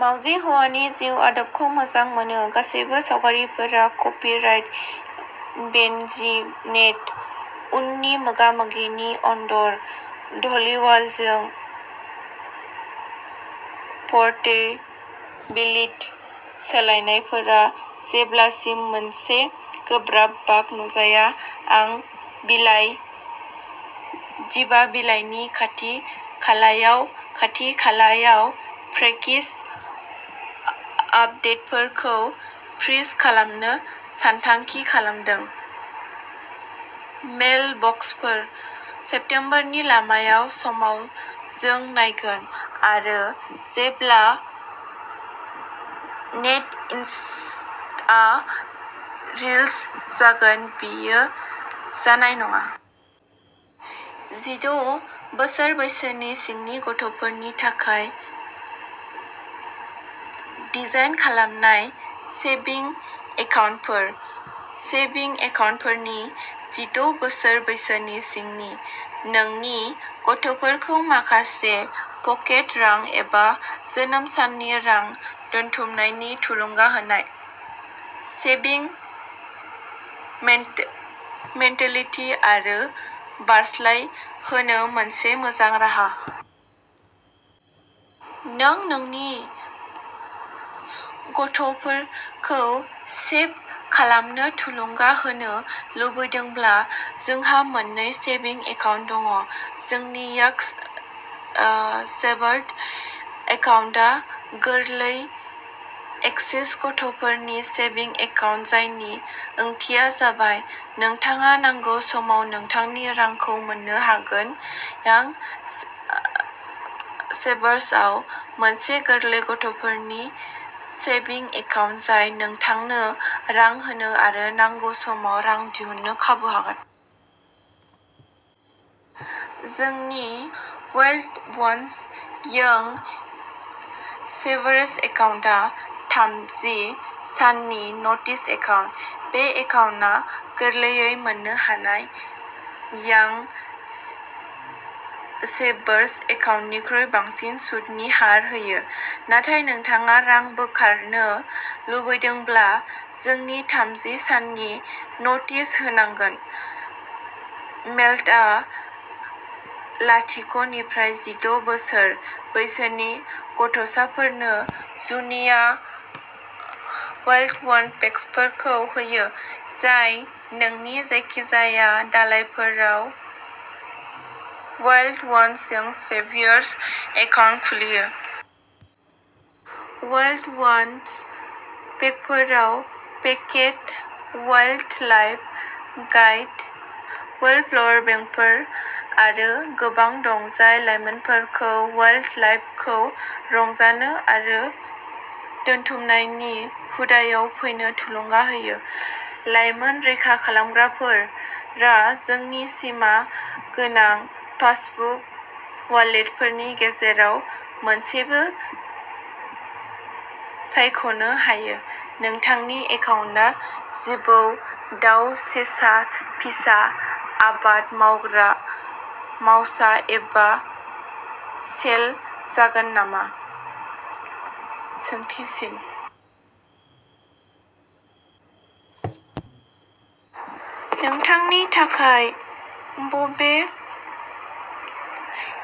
मावजि हौवानि जिउ-आदबखौ मोजां मोनो। गासैबो सावगारिफोरा कपिराइट बेनजि नेट। उननि मोगा-मोगि नीयन्दर धलिवालजों परटेबिलिट सोलायनायफोरा जेब्लासिम मोनसे गोब्राब बाग नुजाया। आं बिलाइ जिबा बिलाइनि खाथि-खालायाव खाथि-खालायाव पेकेज आपदेटफोरखौ फ्रिज खालामनो सानथांखि खालामदों। मेलबक्सफोर "सेप्तेम्बरनि लामायाव समाव" जों नायगोन आरो जेब्ला नेटइन्सआ रिल्ज जागोन बेयो जानाय नङा। जिद' बोसोर बैसोनि सिंनि गथ'फोरनि थाखाय डिजाइन खालामनाय सेभिं एकाउन्टफोर। सेभिं एकाउन्टफोरनि जिद' बोसोर बैसोनि सिंनि। नोंनि गथ'फोरखौ माखासे पकेट रां एबा जोनोम साननि रां दोनथुमनायनि थुलुंगा होनाय "सेभिं मेन्टेलिटी" आरो बारस्लायहोनो मोनसे मोजां राहा। नों नोंनि गथ'फोरखौ सेभ खालामनो थुलुंगा होनो लुबैदोंब्ला जोंहा मोननै सेभिं एकाउन्ट दङ'। जोंनि याक्स सेभारथ एकाउन्टआ गोरलै एक्सेस गथ'फोरनि सेभिं एकाउन्ट जायनि ओंथिया जाबाय नोंथाङा नांगौ समाव नोंथांनि रांखौ मोन्नो हागोन। यांग सेभारसआव मोनसे गोरलै गथ'फोरनि सेभिं एकाउन्ट जाय नोंथांनो रां होनो आरो नांगौ समाव रां दिहुननो खाबु हागोन। जोंनि वाइल्ड वन्स यंग सेभारस एकाउन्टआ थामजि साननि नटिस एकाउन्ट। बे एकाउन्टआ गोरलैयै मोननो हानाय यांग सेभारस एकाउन्टनिख्रुइ बांसिन सुतनि हार होयो। नाथाय नोंथाङा रां बोखारनो लुबैदोंब्ला जोंनि थामजि साननि नटिस होनांगोन। मेल्टआ लाथिख' निफ्राय जिद' बोसोर बैसोनि गथ'साफोरनो जुनिया वाइल्ड वन्स पेकसफोरखौ होयो जाय नोंनि जायखिजाया दालायफोराव Wild Ones Young Savers account खुलियो। वाइल्ड वन्स पेकफोराव पेकेट वाइल्डलाइफ गाइड, वाइल्डफ्लावर बेंकफोर आरो गोबां दं जाय लाइमोनफोरखौ वाइल्डलाइफखौ रंजानो आरो दोनथुमनायनि हुदाआव फैनो थुलुंगा होयो। लाइमोन रैखा खालामग्राफोरा जोंनि सिमा गोनां पासबुक वालेटफोरनि गेजेराव मोनसेबो सायख'नो हायो नोंथांनि एकाउन्टआ जिबौ, दाव, सेसा, फेसा, आबाद मावग्रा माउसा एबा सेल जागोन नामा? नोंथांनि थाखाय बबे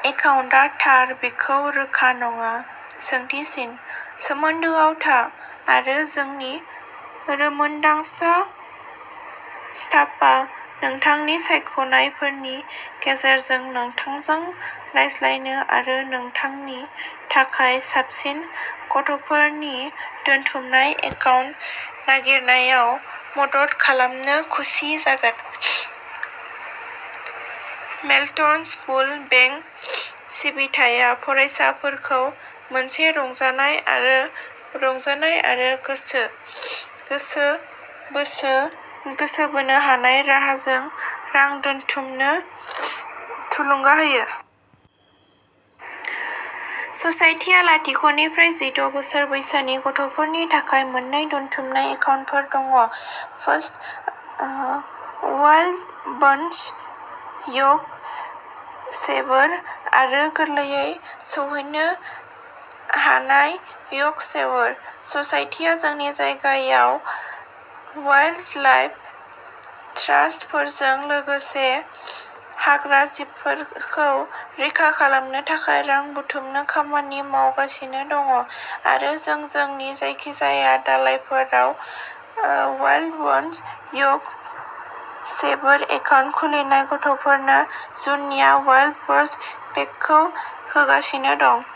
एकाउन्टआ थार बेखौ रोखा नङा? सोमोन्दोआव था आरो जोंनि रोंमोन्दांसा स्टाफा नोंथांनि सायख'नायफोरनि गेजेरजों नोंथांजों रायज्लायनो आरो नोंथांनि थाखाय साबसिन गथ'फोरनि दोनथुमनाय एकाउन्ट नागिरनायाव मदद खालामनो खुसि जागोन। मेल्टन स्कुल बेंक सिबिथाया फरायसाफोरखौ मोनसे रंजानाय आरो रंजानाय आरो गोसो गोसो बोसो गोसो बोनो हानाय राहाजों रां दोनथुमनो थुलुंगा होयो। ससाइटिहा लाथिख' निफ्राय जिद' बोसोर बैसोनि गथ'फोरनि थाखाय मोन्नै दोनथुमनाय एकाउन्टफोर दङ'। First Wild Ones Young Saver आरो गोरलैयै सौहैनो हानाय यग सेभार। ससाइटिआव जोंनि जायगायाव वाइल्डलाइफ ट्रास्टफोरजों लोगोसे हाग्राजिबफोरखौ रैखा खालामनो थाखाय रां बुथुमनो खामानि मावगासिनो दङ' आरो जों जोंनि जायखिजाया दालायफोराव Wild Ones Young Saver account खुलिनाय गथ'फोरनो जुनिया वाइल्ड वन्स पेकखौ होगासिनो दं।